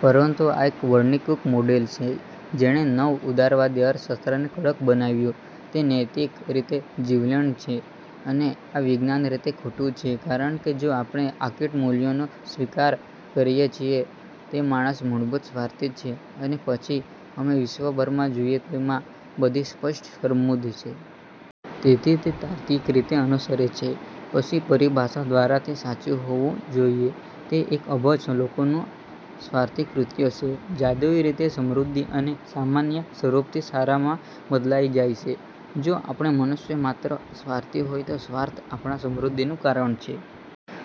પરંતુ આ એ વર્તણૂકિક મોડેલ છે જેણે નવ ઉદારવાદી અર્થશાસ્ત્રને કડક બનાવ્યુ તે નૈતિક રીતે જીવલેણ છે. અને આ વિજ્ઞાન રીતે ખોટું છે કારણ કે જો આપણે આંકીટ મૂલ્યોનો સ્વીકાર કરીએ છીએ તે માણસ મૂળભૂત સ્વાર્થી છે અને પછી અમે વિશ્વભરમાં જુઓ તેમાં બધી સ્પષ્ટ સમૃદ્ધિ છે. તેથી તે તાર્કિક રીતે અનુસરે છે. પછી પરીભાષા દ્વારા તે સાચું હોવું જોઈએ તે એક અબજ લોકોના સ્વાર્થી કૃત્યો છે. જાદુઈ રીતે સમૃદ્ધિ અને સામાન્ય સ્વરૂપથી સારામાં બદલાઈ જાય છે. જો આપણે મનુષ્ય માત્ર સ્વાર્થી હોય તો સ્વાર્થ આપણા સમૃદ્ધિનું કારણ છે.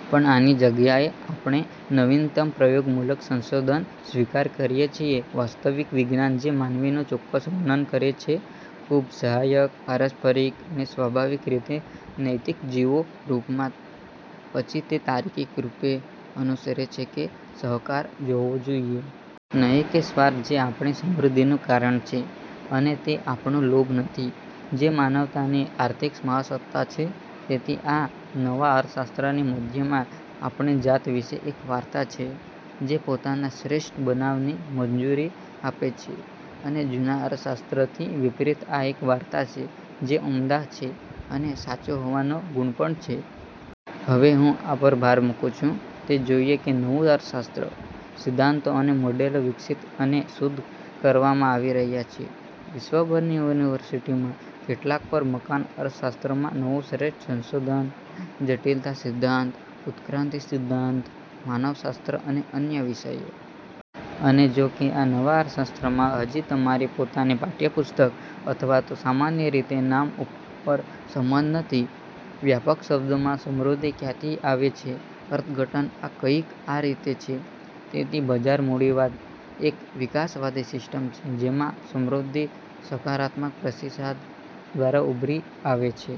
પણ, આની જગ્યાએ આપડે નવીનતમ પ્રયોગમૂલક સંશોધન સ્વીકાર કરીએ છીએ વાસ્તવિક વિજ્ઞાન જે માનવીનું ચોક્કસ વર્ણન કરે છે. ખૂબ સહાયક, પારસ્પરીક અને સ્વાભાવિક રીતે નૈતિક જીવો રૂપમાં. પછી તે તાર્કિક રૂપે અનુસરે છે કે તે સહકાર હોવો જોઈએ. નહી કે સ્વાર્થ જે આપણી સમૃદ્ધિનું કારણ છે અને તે આપણો લોભ નથી જે માનવતાની આર્થિક મહાસત્તા છે. તેથી, આ નવા અર્થશાસ્ત્રની મધ્યમાં આપણી જાત વિશે એક વાર્તા છે જે પોતાને શ્રેષ્ઠ બનવાની મંજૂરી આપે છે અને જૂના અર્થશાસ્ત્રથી વિપરીત આ એક વાર્તા છે જે ઉમદા છે અને સાચા હોવાનો ગુણ પણ છે. હવે, હું આ પર ભાર મૂકું છું તે જોઈએ છે નવું અર્થશાસ્ત્ર. સિદ્ધાંતો અને મોડેલો વિકસિત અને શુદ્ધ કરવામાં આવી રહ્યા છે. વિશ્વભરની યુનિવર્સિટીઓમાં કેટલાક પર મકાન અર્થશાસ્ત્રમાં નવું શ્રેષ્ઠ સંશોધન, જટિલતા સિદ્ધાંત, ઉત્ક્રાંતિ સિદ્ધાંત, માનવશાસ્ત્ર અને અન્ય વિષયો. અને જોકે આ નવા અર્થશાસ્ત્રમાં હજી તમારી પોતાની પાઠયપુસ્તક અથવાતો સામાન્ય રીતે નામ ઉપર સંમત નથી, વ્યાપક શબ્દોમાં સમૃદ્ધિ ક્યાંથી આવે છે અર્થઘટન આ કંઈક આ રીતે છે. તેથી, બજાર મૂડીવાદ એક વિકાસવાદી સિસ્ટમ છે જેમાં સમૃદ્ધિ સકારાત્મક પ્રતિસાદ દ્વારા ઉભરી આવે છે.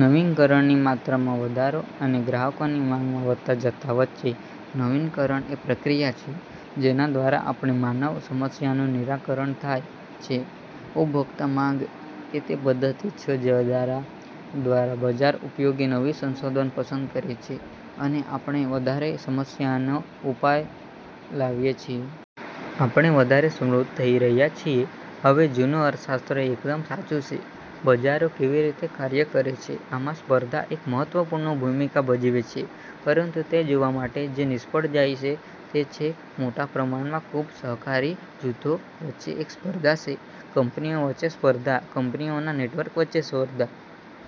નવીકરણની માત્રામાં વધારોઅને ગ્રાહકોની માંગના વધતા જથ્થા વચ્ચે. નવીકરણ એ પ્રક્રિયા છે જેના દ્વારા આપણે માનવ સમસ્યાઓનું નિરાકરણ થાય છે. ઉપભોક્તા માંગ એ તે પદ્ધતિ છે જે દ્વારા દ્વારા બજાર ઉપયોગી નવી શોધો પસંદ કરે છે અને આપણે વધારે સમસ્યાઓનો ઉપાય લાવીએ છીએ. આપણે વધારે સમૃદ્ધ થઈ રહ્યા છીયે. હવે, જૂનું અર્થશાસ્ત્ર એકદમ સાચૂ છે. બજારો કેવી રીતે કાર્ય કરે છે આમાં સ્પર્ધા એક મહત્વપૂર્ણ ભૂમિકા ભજવે છે પરંતુ તે જોવા માટે જે નિષ્ફળ જાય છે તે છે મોટા પ્રમાણમાં ખૂબ સહકારી જૂથો વચ્ચે એક સ્પર્ધા છે. કંપનીઓ વચ્ચે સ્પર્ધા, કંપનીઓના નેટવર્ક વચ્ચે સ્પર્ધા.